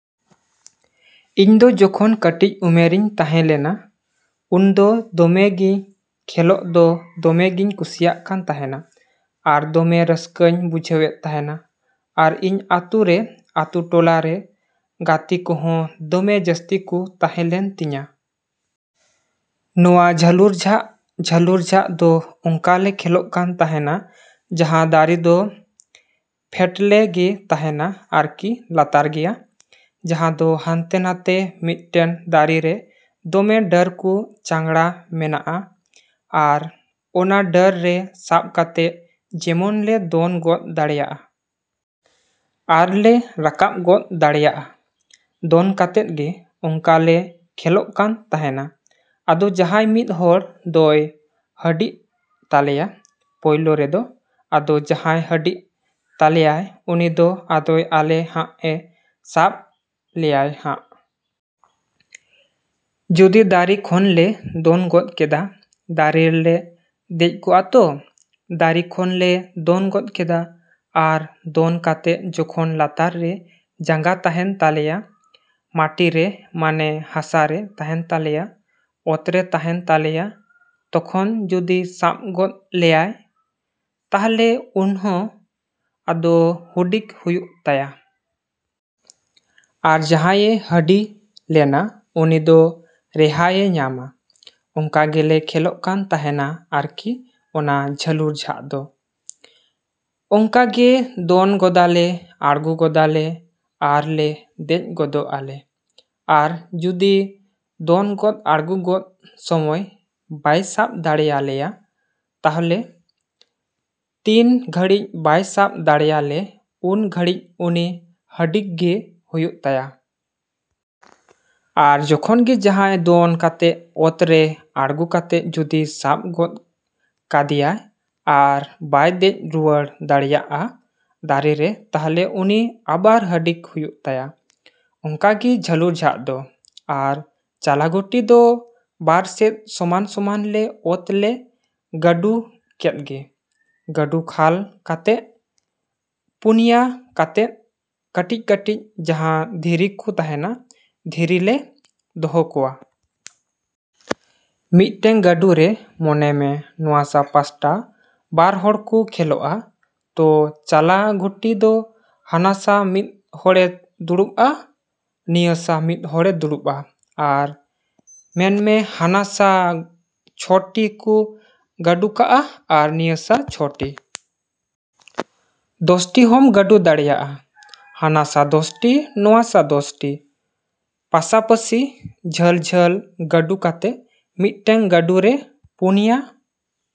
ᱤᱧ ᱫᱚ ᱡᱚᱠᱷᱚᱱ ᱠᱟᱹᱴᱤᱡ ᱩᱢᱮᱨᱤᱧ ᱛᱟᱦᱮᱸ ᱞᱮᱱᱟ, ᱩᱱᱫᱚ ᱫᱚᱢᱮ ᱜᱮ ᱠᱷᱮᱞᱳᱜ ᱫᱚ ᱫᱚᱢᱮ ᱜᱤᱧ ᱠᱩᱥᱤᱭᱟᱜ ᱠᱟᱱ ᱛᱟᱦᱮᱱᱟ᱾ ᱟᱨ ᱫᱚᱢᱮ ᱨᱟᱹᱥᱠᱟᱹᱧ ᱵᱩᱡᱷᱟᱹᱣᱮᱫ ᱛᱟᱦᱮᱱᱟ᱾ ᱟᱨ ᱤᱧ ᱟᱛᱳ ᱨᱮ, ᱟᱛᱳᱼᱴᱚᱞᱟ ᱨᱮ ᱜᱟᱛᱮ ᱠᱚᱦᱚᱸ ᱫᱚᱢᱮ ᱡᱟᱹᱥᱛᱤ ᱠᱚ ᱛᱟᱦᱮᱸ ᱞᱮᱱ ᱛᱤᱧᱟ᱾ ᱱᱚᱣᱟ ᱡᱷᱟᱹᱞᱩᱨ ᱡᱷᱟᱜ, ᱡᱷᱟᱹᱞᱩᱨ ᱡᱷᱟᱜ ᱫᱚ ᱚᱱᱠᱟ ᱞᱮ ᱠᱷᱮᱞᱳᱜ ᱠᱟᱱ ᱛᱟᱦᱮᱱᱟ ᱡᱟᱦᱟᱸ ᱫᱟᱨᱮ ᱫᱚ ᱯᱷᱮᱴᱞᱮ ᱜᱮ ᱛᱟᱦᱮᱱᱟ ᱟᱨᱠᱤ ᱞᱟᱛᱟᱨ ᱜᱮᱭᱟ᱾ ᱡᱟᱦᱟᱸ ᱫᱚ ᱦᱟᱱᱛᱮ ᱱᱟᱛᱮ ᱢᱤᱫᱴᱮᱱ ᱫᱟᱨᱮ ᱨᱮ ᱫᱚᱢᱮ ᱰᱟᱹᱨ ᱠᱚ ᱪᱟᱝᱜᱽᱲᱟ ᱢᱮᱱᱟᱜᱼᱟ᱾ ᱟᱨ ᱚᱱᱟ ᱰᱟᱹᱨ ᱨᱮ ᱥᱟᱵ ᱠᱟᱛᱮᱫ ᱡᱮᱢᱚᱱ ᱞᱮ ᱫᱚᱱ ᱜᱚᱫ ᱫᱟᱲᱮᱜᱼᱟ᱾ ᱟᱨ ᱞᱮ ᱨᱟᱠᱟᱵ ᱜᱚᱫ ᱫᱟᱲᱮᱜᱼᱟ ᱫᱚᱱ ᱠᱟᱛᱮᱫ ᱜᱮ ᱚᱱᱠᱟ ᱞᱮ ᱠᱷᱮᱞᱳᱜ ᱠᱟᱱ ᱛᱟᱦᱮᱱᱟ᱾ ᱟᱫᱚ ᱡᱟᱦᱟᱸᱭ ᱢᱤᱫ ᱦᱚᱲ ᱫᱚᱭ ᱦᱟᱹᱰᱤᱜ ᱛᱟᱞᱮᱭᱟ ᱯᱳᱭᱞᱳ ᱨᱮᱫᱚ᱾ ᱟᱫᱚ ᱡᱟᱦᱟᱸᱭ ᱦᱟᱹᱰᱤᱜ ᱛᱟᱞᱮᱭᱟᱭ ᱩᱱᱤ ᱫᱚ ᱟᱫᱚᱭ ᱟᱞᱮ ᱦᱟᱸᱜᱼᱮ ᱥᱟᱵ ᱞᱮᱭᱟᱭ ᱦᱟᱸᱜ᱾ ᱡᱩᱫᱤ ᱫᱟᱨᱮ ᱠᱷᱚᱱ ᱞᱮ ᱫᱚᱱ ᱜᱚᱫ ᱠᱮᱫᱟ, ᱫᱟᱨᱮ ᱨᱮᱞᱮ ᱫᱮᱡ ᱠᱚᱜᱼᱟ ᱛᱚ, ᱫᱟᱨᱮ ᱠᱷᱚᱱ ᱞᱮ ᱫᱚᱱ ᱜᱚᱫ ᱠᱮᱫᱟ᱾ ᱟᱨ ᱫᱚᱱ ᱠᱟᱛᱮ ᱡᱚᱠᱷᱚᱱ ᱞᱟᱛᱟᱨ ᱨᱮ ᱡᱟᱸᱜᱟ ᱛᱟᱦᱮᱱ ᱛᱟᱞᱮᱭᱟ, ᱢᱟᱴᱤ ᱨᱮ ᱢᱟᱱᱮ, ᱦᱟᱥᱟ ᱨᱮ ᱛᱟᱦᱮᱱ ᱛᱟᱞᱮᱭᱟ, ᱚᱛ ᱨᱮ ᱛᱟᱦᱮᱱ ᱛᱟᱞᱮᱭᱟ ᱛᱚᱠᱷᱚᱱ ᱡᱩᱫᱤ ᱥᱟᱵ ᱜᱚᱫ ᱞᱮᱭᱟ ᱛᱟᱦᱞᱮ ᱩᱱᱦᱚ ᱟᱫᱚ ᱦᱟᱹᱰᱤᱜ ᱦᱩᱭᱩᱜ ᱛᱟᱭᱟ᱾ ᱟᱨ ᱡᱟᱦᱟᱸᱭᱮ ᱦᱟᱹᱰᱤ ᱞᱮᱱᱟ ᱩᱱᱤ ᱫᱚ ᱨᱮᱦᱟᱭᱮ ᱧᱟᱢᱟ, ᱚᱱᱠᱟ ᱜᱮᱞᱮ ᱠᱷᱮᱞᱳᱜ ᱠᱟᱱ ᱛᱟᱦᱮᱱᱟ ᱟᱨᱠᱤ ᱚᱱᱟ ᱡᱷᱟᱹᱞᱩᱨ ᱡᱷᱟᱜ ᱫᱚ᱾ ᱚᱱᱠᱟ ᱜᱮ ᱫᱚᱱ ᱜᱚᱫᱟᱞᱮ ᱟᱲᱜᱳ ᱜᱚᱫᱚᱜᱼᱟᱞᱮ ᱟᱨ ᱞᱮ ᱫᱮᱡ ᱜᱚᱫᱚᱜᱼᱟᱞᱮ᱾ ᱟᱨ ᱡᱩᱫᱤ ᱫᱚᱱ ᱜᱚᱫ ᱟᱲᱜᱳ ᱜᱚᱫ ᱥᱚᱢᱚᱭ ᱵᱟᱭ ᱥᱟᱵ ᱫᱟᱲᱮᱭᱟᱞᱮᱭᱟ ᱛᱟᱦᱞᱮ ᱛᱤᱱ ᱜᱷᱟᱹᱲᱤᱡ ᱵᱟᱭ ᱥᱟᱵ ᱫᱟᱲᱮᱭᱟᱞᱮ ᱩᱱ ᱜᱷᱟᱹᱲᱤᱡ ᱩᱱᱤ ᱦᱟᱹᱰᱤᱜ ᱜᱮ ᱦᱩᱭᱩᱜ ᱛᱟᱭᱟ᱾ ᱟᱨ ᱡᱚᱠᱷᱚᱱ ᱜᱮ ᱡᱟᱦᱟᱸᱭ ᱫᱚᱱ ᱠᱟᱛᱮ ᱚᱛ ᱨᱮ ᱟᱲᱜᱳ ᱠᱟᱛᱮ ᱡᱩᱫᱤᱭ ᱥᱟᱵ ᱜᱚᱫ ᱠᱟᱫᱮᱭᱟ ᱟᱨ ᱵᱟᱭ ᱫᱮᱡ ᱨᱩᱣᱟᱹᱲ ᱫᱟᱲᱮᱭᱟᱜᱼᱟ ᱫᱟᱨᱮ ᱨᱮ ᱛᱟᱦᱞᱮ ᱩᱱᱤ ᱟᱵᱟᱨ ᱦᱟᱹᱰᱤᱜ ᱦᱩᱭᱩᱜ ᱛᱟᱭᱟ᱾ ᱚᱱᱠᱟ ᱜᱮ ᱡᱷᱟᱹᱞᱩᱨ ᱡᱷᱟᱜ ᱫᱚ᱾ ᱟᱨ ᱪᱟᱞᱟ ᱜᱩᱴᱷᱤ ᱫᱚ ᱵᱟᱨ ᱥᱮᱫ ᱥᱚᱢᱟᱱᱼᱥᱚᱢᱟᱱ ᱞᱮ ᱚᱛ ᱞᱮ ᱜᱟᱹᱰᱩ ᱠᱮᱫ ᱜᱮ, ᱜᱟᱹᱰᱩ ᱠᱷᱟᱞ ᱠᱟᱛᱮ ᱯᱩᱱᱭᱟ ᱠᱟᱛᱮᱫ ᱠᱟᱹᱴᱤᱡᱼᱠᱟᱹᱴᱤᱡ ᱡᱟᱦᱟᱸ ᱫᱷᱤᱨᱤ ᱠᱚ ᱛᱟᱦᱮᱱᱟ, ᱫᱷᱤᱨᱤ ᱞᱮ ᱫᱚᱦᱚ ᱠᱚᱣᱟ᱾ ᱢᱤᱫᱴᱮᱱ ᱜᱟᱹᱰᱩ ᱨᱮ ᱢᱚᱱᱮ ᱢᱮ ᱱᱚᱣᱟ ᱥᱟ ᱯᱟᱥᱴᱟ ᱵᱟᱨ ᱦᱚᱲ ᱠᱚ ᱠᱷᱮᱞᱳᱜᱼᱟ ᱛᱚ ᱪᱟᱞᱟ ᱜᱩᱴᱷᱤ ᱫᱚ᱾ ᱦᱟᱱᱟ ᱥᱟ ᱢᱤᱫ ᱦᱚᱲᱮ ᱫᱩᱲᱩᱵᱼᱟ, ᱱᱤᱭᱟᱹ ᱥᱟ ᱢᱤᱫ ᱦᱚᱲᱮ ᱫᱩᱲᱩᱵᱼᱟ᱾ ᱟᱨ ᱢᱮᱱᱢᱮ ᱦᱟᱱᱟ ᱥᱟ ᱪᱷᱚᱴᱤ ᱠᱚ ᱜᱟᱹᱰᱩ ᱠᱟᱜᱼᱟ ᱟᱨ ᱱᱤᱭᱟᱹ ᱥᱟ ᱪᱷᱚᱴᱤ᱾ ᱫᱚᱥᱴᱤ ᱦᱚᱸᱢ ᱜᱟᱹᱰᱩ ᱫᱟᱲᱮᱭᱟᱜᱼᱟ᱾ ᱦᱟᱱᱟ ᱥᱟ ᱫᱚᱥᱴᱤ, ᱱᱚᱣᱟ ᱥᱟ ᱫᱚᱥᱴᱤ᱾ ᱯᱟᱥᱟᱯᱟᱹᱥᱤ ᱡᱷᱟᱹᱞᱼᱡᱷᱟᱹᱞ᱾ ᱜᱟᱹᱰᱩ ᱠᱟᱛᱮ ᱢᱤᱫᱴᱮᱱ ᱜᱟᱹᱰᱩ ᱨᱮ ᱯᱩᱱᱭᱟ᱾